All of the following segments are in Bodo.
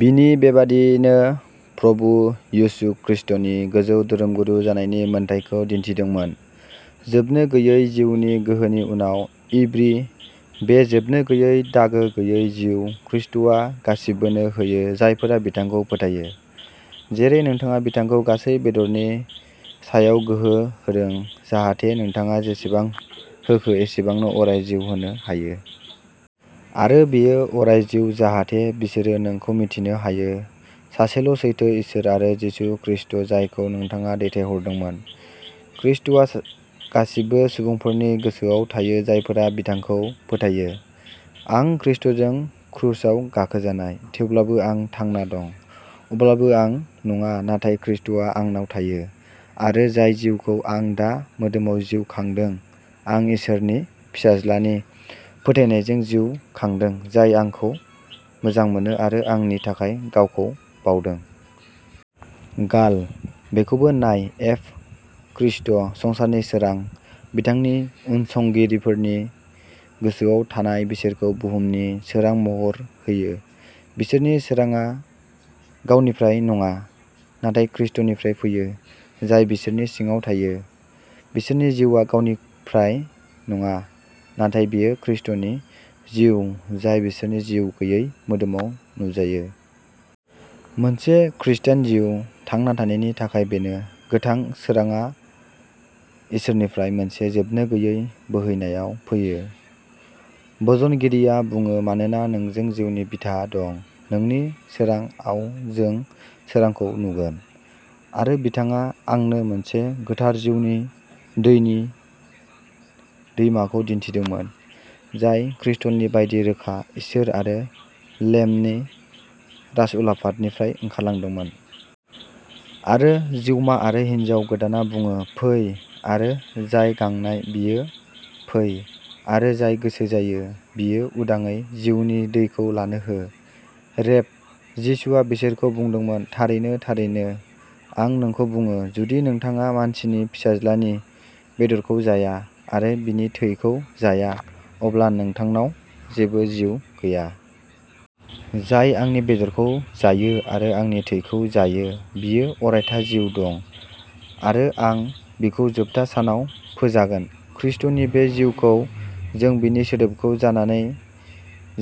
बिनि। बेबादिनो प्रभु यीशु ख्रीष्टनि गोजौ धोरोमगुरु जानायनि मोनथायखौ दिन्थिदोंमोन" जोबनो गैयै जिउनि गोहोनि उनाव। "इब्री. बे जोबनो गैयै, दागो गैयै जिउ खृष्टआ गासिबोनो होयो जायफोरा बिथांखौ फोथायो।" जेरै नोंथाङा बिथांखौ गासै बेदरनि सायाव गोहो होदों, जाहाथे नोंथाङा जेसेबां होखो एसेबांनो अराय जिउ होनो हायो। आरो बेयो अराय जिउ, जाहाथे बिसोरो नोंखौ मिथिनो हायो, सासेल'सैथो इसोर आरो जिसु ख्रीष्ट जायखौ नोंथाङा दैथायहरदोंमोन। ख्रीष्टआ गासिबो सुबुंफोरनि गोसोआव थायो जायफोरा बिथांखौ फोथायो। आं खृष्टजों क्रुसाव गाखोजानाय थेवब्लाबो आं थांना दं अब्लाबो आं नङा, नाथाय खृष्टआ आंनाव थायो आरो जाय जिउखौ आं दा मोदोमाव जिउ खांदों आं इसोरनि फिसाज्लानि फोथायनायजों जिउ खांदों जाय आंखौ मोजां मोनो, आरो आंनि थाखाय गावखौ बाउदों। गाल. बेखौबो नाय एफ. ख्रीष्ट, संसारनि सोरां, बिथांनि उनसंगिरिफोरनि गोसोयाव थानाय, बिसोरखौ बुहुमनि सोरां महर होयो। बिसोरनि सोरांआ गावनिफ्राय नङा, नाथाय ख्रीष्टनिफ्राय फैयो, जाय बिसोरनि सिङाव थायो। बिसोरनि जिउआ गावनिफ्राय नङा, नाथाय बेयो ख्रीष्टनि जिउ जाय बिसोरनि जिउ गैयै मोदोमाव नुजायो। मोनसे खृष्टान जिउ थांना थानायनि थाखाय बेनो। गोथां सोरांआ इसोरनिफ्राय मोनसे जोबनोगैयै बोहैनायाव फैयो। भजनगिरिआ बुङो। मानोना नोंजों जिउनि बिथा दं नोंनि सोरांआव जों सोरांखौ नुगोन। आरो बिथाङा आंनो मोनसे गोथार जिउनि दैनि दैमाखौ दिन्थिदोंमोन, जाय क्रिस्टलनि बायदि रोखा, इसोर आरो लेम्बनि राजउलाफादनिफ्राय ओंखारलांदोंमोन। आरो जिउमा आरो हिन्जाव गोदानआ बुङो, फै। आरो जाय गांनाय, बियो फै। आरो जाय गोसो जायो, बियो उदांयै जिउनि दैखौ लानो हो। रेभ. जिसुआ बिसोरखौ बुंदोंमोन, थारैनो, थारैनो आं नोंखौ बुङो, जुदि नोंथाङा मानसिनि फिसाज्लानि बेदरखौ जाया आरो बिनि थैखौ जाया, अब्ला नोंथांनाव जेबो जिउ गैया। जाय आंनि बेदरखौ जायो आरो आंनि थैखौ जायो, बियो अरायथा जिउ दं; आरो आं बिखौ जोबथा सानाव फोजागोन। ख्रीष्टनि बे जिउखौ जों बिनि सोदोबखौ जानानै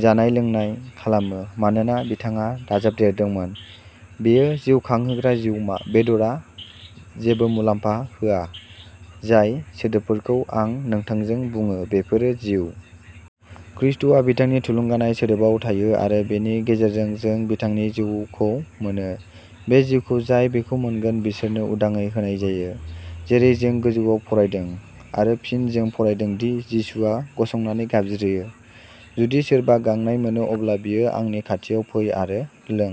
जानाय-लोंनाय खालामो, मानोना बिथाङा दाजाबदेरदोंमोन, बेयो जिउखांहोग्रा जिउमा; बेदरआ जेबो मुलाम्फा होआ; जाय सोदोबफोरखौ आं नोंथांजों बुङो, बेफोरो जिउ। ख्रीष्टआ बिथांनि थुलुंगानाय सोदोबआव थायो, आरो बेनि गेजेरजों जों बिथांनि जिउखौ मोनो। बे जिउखौ जाय बेखौ मोनगोन, बिसोरनो उदांयै होनाय जायो, जेरै जों गोजौआव फरायदों; आरो फिन जों फरायदों दि जिसुआ गसंनानै गाबज्रियो, जुदि सोरबा गांनाय मोनो, अब्ला बियो आंनि खाथियाव फै आरो लों।